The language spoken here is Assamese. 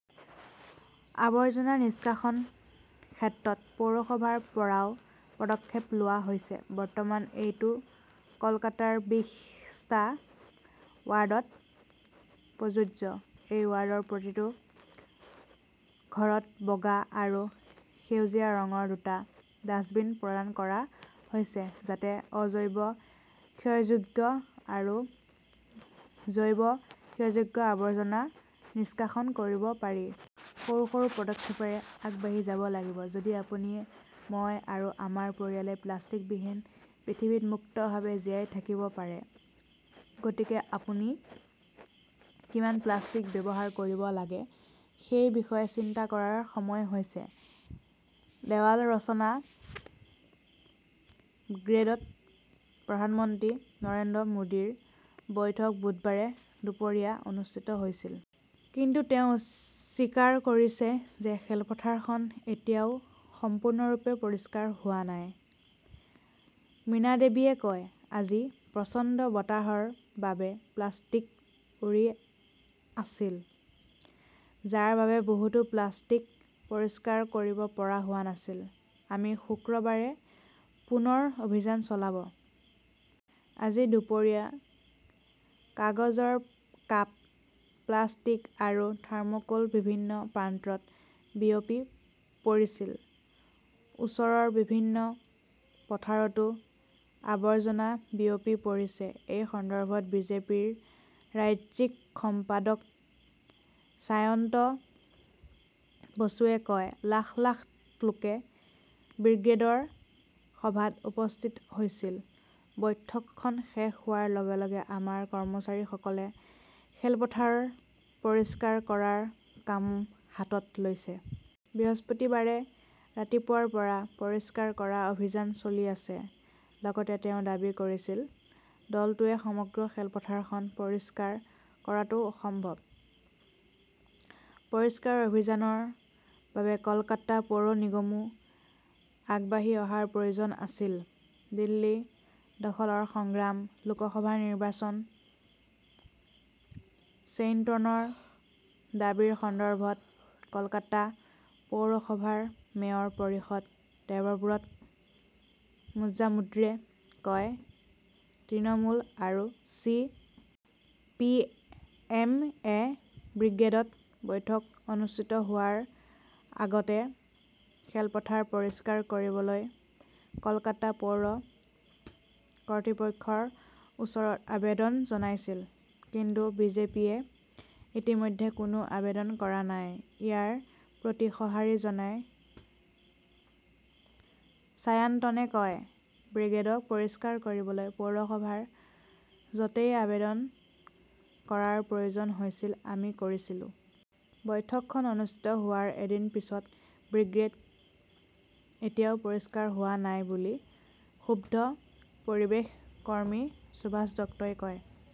আবৰ্জনা নিষ্কাশন ক্ষেত্ৰত পৌৰসভাৰ পৰাও পদক্ষেপ লোৱা হৈছে। বৰ্তমান, এইটো কলকাতাৰ বিশ টা ৱাৰ্ডত প্ৰযোজ্য। এই ৱাৰ্ডৰ প্ৰতিটো ঘৰত বগা আৰু সেউজীয়া ৰঙৰ দুটা ডাস্টবিন প্ৰদান কৰা হৈছে। যাতে অ-জৈৱ-ক্ষয়যোগ্য আৰু জৈৱ-ক্ষয়যোগ্য আৱৰ্জনা নিষ্কাশন কৰিব পাৰি। সৰু সৰু পদক্ষেপেৰে আগবাঢ়ি যাব লাগিব। যদি আপুনি, মই আৰু আমাৰ পৰিয়ালে প্লাষ্টিকবিহীন পৃথিৱীত মুক্তভাৱে জীয়াই থাকিব পাৰে। গতিকে আপুনি কিমান প্লাষ্টিক ব্যৱহাৰ কৰিব লাগে সেই বিষয়ে চিন্তা কৰাৰ সময় হৈছে। দেৱাল ৰচনা ব্ৰিগেডত প্ৰধানমন্ত্ৰী নৰেন্দ্ৰ মোদীৰ বৈঠক বুধবাৰে দুপৰীয়া অনুষ্ঠিত হৈছিল। কিন্তু তেওঁ স্বীকাৰ কৰিছে যে খেলপথাৰখন এতিয়াও সম্পূৰ্ণৰূপে পৰিষ্কাৰ হোৱা নাই। মীনাদেৱীয়ে কয়, আজি প্ৰচণ্ড বতাহৰ বাবে প্লাষ্টিক উৰি আছিল। যাৰ বাবে বহুতো প্লাষ্টিক পৰিষ্কাৰ কৰিব পৰা হোৱা নাছিল। আমি শুকুৰবাৰে পুনৰ অভিযান চলাব। আজি দুপৰীয়া কাগজৰ কাপ, প্লাষ্টিক আৰু থাৰ্মোকল বিভিন্ন প্ৰান্তত বিয়পি পৰিছিল। ওচৰৰ বিভিন্ন পথাৰতো আবৰ্জনা বিয়পি পৰিছে। এই সন্দৰ্ভত বিজেপিৰ ৰাজ্যিক সম্পাদক সায়ন্ত বসুৱে কয়, লাখ লাখ লোকে ব্ৰিগেডৰ সভাত উপস্থিত হৈছিল। বৈঠকখন শেষ হোৱাৰ লগে লগে আমাৰ কৰ্মচাৰীসকলে খেলপথাৰ পৰিষ্কাৰ কৰাৰ কাম হাতত লৈছে। বৃহস্পতিবাৰে ৰাতিপুৱাৰ পৰা পৰিষ্কাৰ কৰা অভিযান চলি আছে। লগতে তেওঁ দাবী কৰিছিল, দলটোৱে সমগ্ৰ খেলপথাৰখন পৰিষ্কাৰ কৰাটো অসম্ভৱ। পৰিষ্কাৰ অভিযানৰ বাবে কলকাতা পৌৰ নিগমো আগবাঢ়ি অহাৰ প্ৰয়োজন আছিল। দিল্লী দখলৰ সংগ্ৰাম, লোকসভা নিৰ্বাচন চেইণ্টনৰ দাবীৰ সন্দৰ্ভত, কলকাতা পৌৰসভাৰ মেয়ৰ পৰিষদ দেৱব্ৰত মজামুদ্ৰে কয়, তৃণমূল আৰু চি. পি. এম. -এ ব্ৰিগেডত বৈঠক অনুষ্ঠিত হোৱাৰ আগতে খেলপথাৰ পৰিষ্কাৰ কৰিবলৈ কলকাতা পৌৰ কৰ্তৃপক্ষৰ ওচৰত আবেদন জনাইছিল। কিন্তু বিজেপিয়ে ইতিমধ্যে কোনো আবেদন কৰা নাই। ইয়াৰ প্ৰতি সঁহাৰি জনাই ছাইয়ান্তনে কয়, ব্ৰিগেডক পৰিষ্কাৰ কৰিবলৈ পৌৰসভাৰ য'তেই আবেদন কৰাৰ প্ৰয়োজন হৈছিল আমি কৰিছিলো। বৈঠকখন অনুষ্ঠিত হোৱাৰ এদিন পিছতে ব্ৰিগেড এতিয়াও পৰিষ্কাৰ হোৱা নাই বুলি ক্ষুব্ধ পৰিৱেশ কৰ্মী সুভাষ দত্তই কয়।